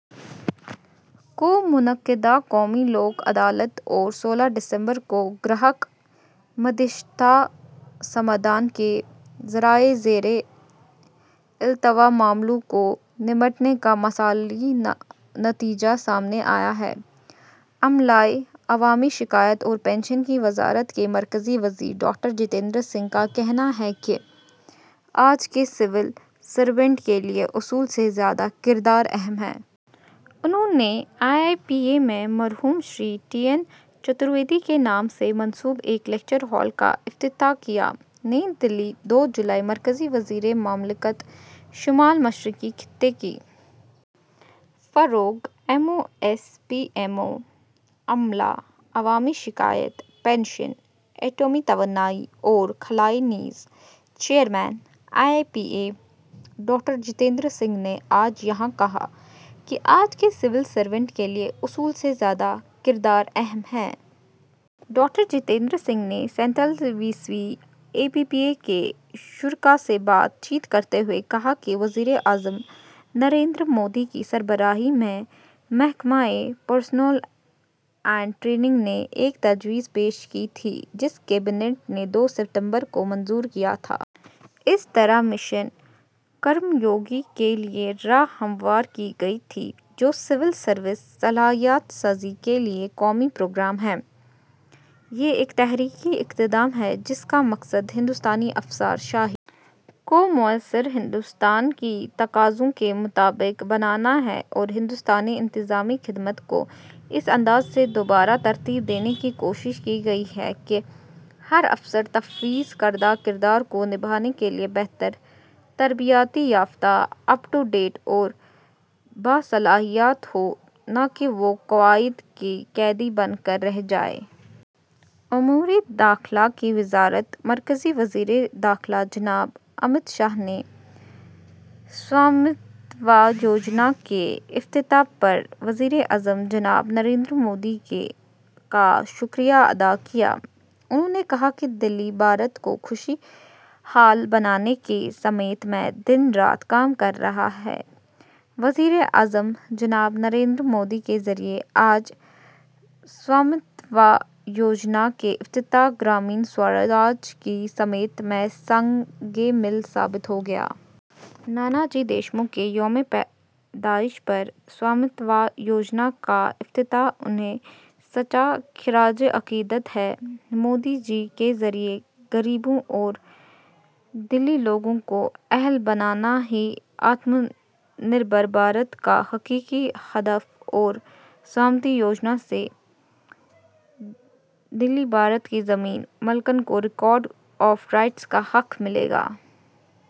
کو منعقدہ قومی لوک عدالت اور سولہ دسمبر کو گراہک مدھیستھتا سمادھان کے ذریعے زیر التواء معاملوں کو نمٹانے کا مثالی نتیجہ سامنے آیا ہے۔ عملے، عوامی شکایات اور پنشن کی وزارت کے مرکزی وزیر ڈاکٹر جتیندر سنگھ کا کہنا ہے کہ آج کے سول سرونٹ کے لیے اصول سے زیادہ کردار اہم ہے۔ انہوں نے آئی آئی پی اے میں مرحوم شری ٹی این چترویدی کے نام سے منسوب ایک لیکچر ہال کا افتتاح کیا۔ نئی دہلی، دو جولائی۔ مرکزی وزیر مملکت شمال مشرقی خطے کی فروغ، M O S P M O, عملہ، عوامی شکایات، پنشن، ایٹمی توانائی اور خلائی نیز chairman I I P A, doctor Jitendra Singh نے آج یہاں کہا کہ آج کے سول سرونٹ کے لیے اصول سے زیادہ کردار اہم ہے۔ ڈاکٹر جتیندر سنگھ نے سینتالیسویں اے پی پی پی اے کے شرکاء سے بات چیت کرتے ہوئے کہا کہ وزیر اعظم نریندر مودی کی سربراہی میں محکمہ پرسنل اینڈ ٹریننگ نے ایک تجویز پیش کی تھی جسے کابینہ نے دو ستمبر کو منظور کیا تھا۔ اس طرح مشن کرم یوگی کے لیے راہ ہموار کی گئی تھی، جو سول سروس صلاحیت سازی کے لیے قومی پروگرام ہے۔ یہ ایک تاریخی اقدام ہے جس کا مقصد ہندوستانی افسر شاہی کو معاصر ہندوستان کی تقاضوں کے مطابق بنانا ہے اور ہندوستانی انتظامی خدمات کو اس انداز سے دوبارہ ترتیب دینے کی کوشش کی گئی ہے کہ ہر افسر تفویض کردہ کردار کو نبھانے کے لیے بہتر، تربیت یافتہ، اپ ڈیٹ اور باصلاحیت ہو، نہ کہ وہ قواعد کا قیدی بن کر رہ جائے۔ امور داخلہ کی وزارت۔ مرکزی وزیر داخلہ جناب امت شاہ نے سوامتو یوجنا کے افتتاح پر وزیر اعظم جناب نریندر مودی کا شکریہ ادا کیا۔ انہوں نے کہا کہ دیہی بھارت کو خوش حال بنانے کی سمت میں دن رات کام کر رہے وزیر اعظم جناب نریندر مودی کے ذریعے آج سوامتو یوجنا کا افتتاح گرامین سوراج کی سمت میں سنگ میل ثابت ہوگا۔ نانا جی دیشمکھ کے یوم پیدائش پر سوامتو یوجنا کا افتتاح انہیں سچا خراج عقیدت ہے۔ مودی جی کے ذریعے غریبوں اور دیہی لوگوں کو اہل بنانا ہی آتم نربھر بھارت کا حقیقی ہدف ہے اور سوامتو یوجنا سے دیہی بھارت کے زمین مالکان کو ریکارڈ آف رائٹ کا حق ملے گا۔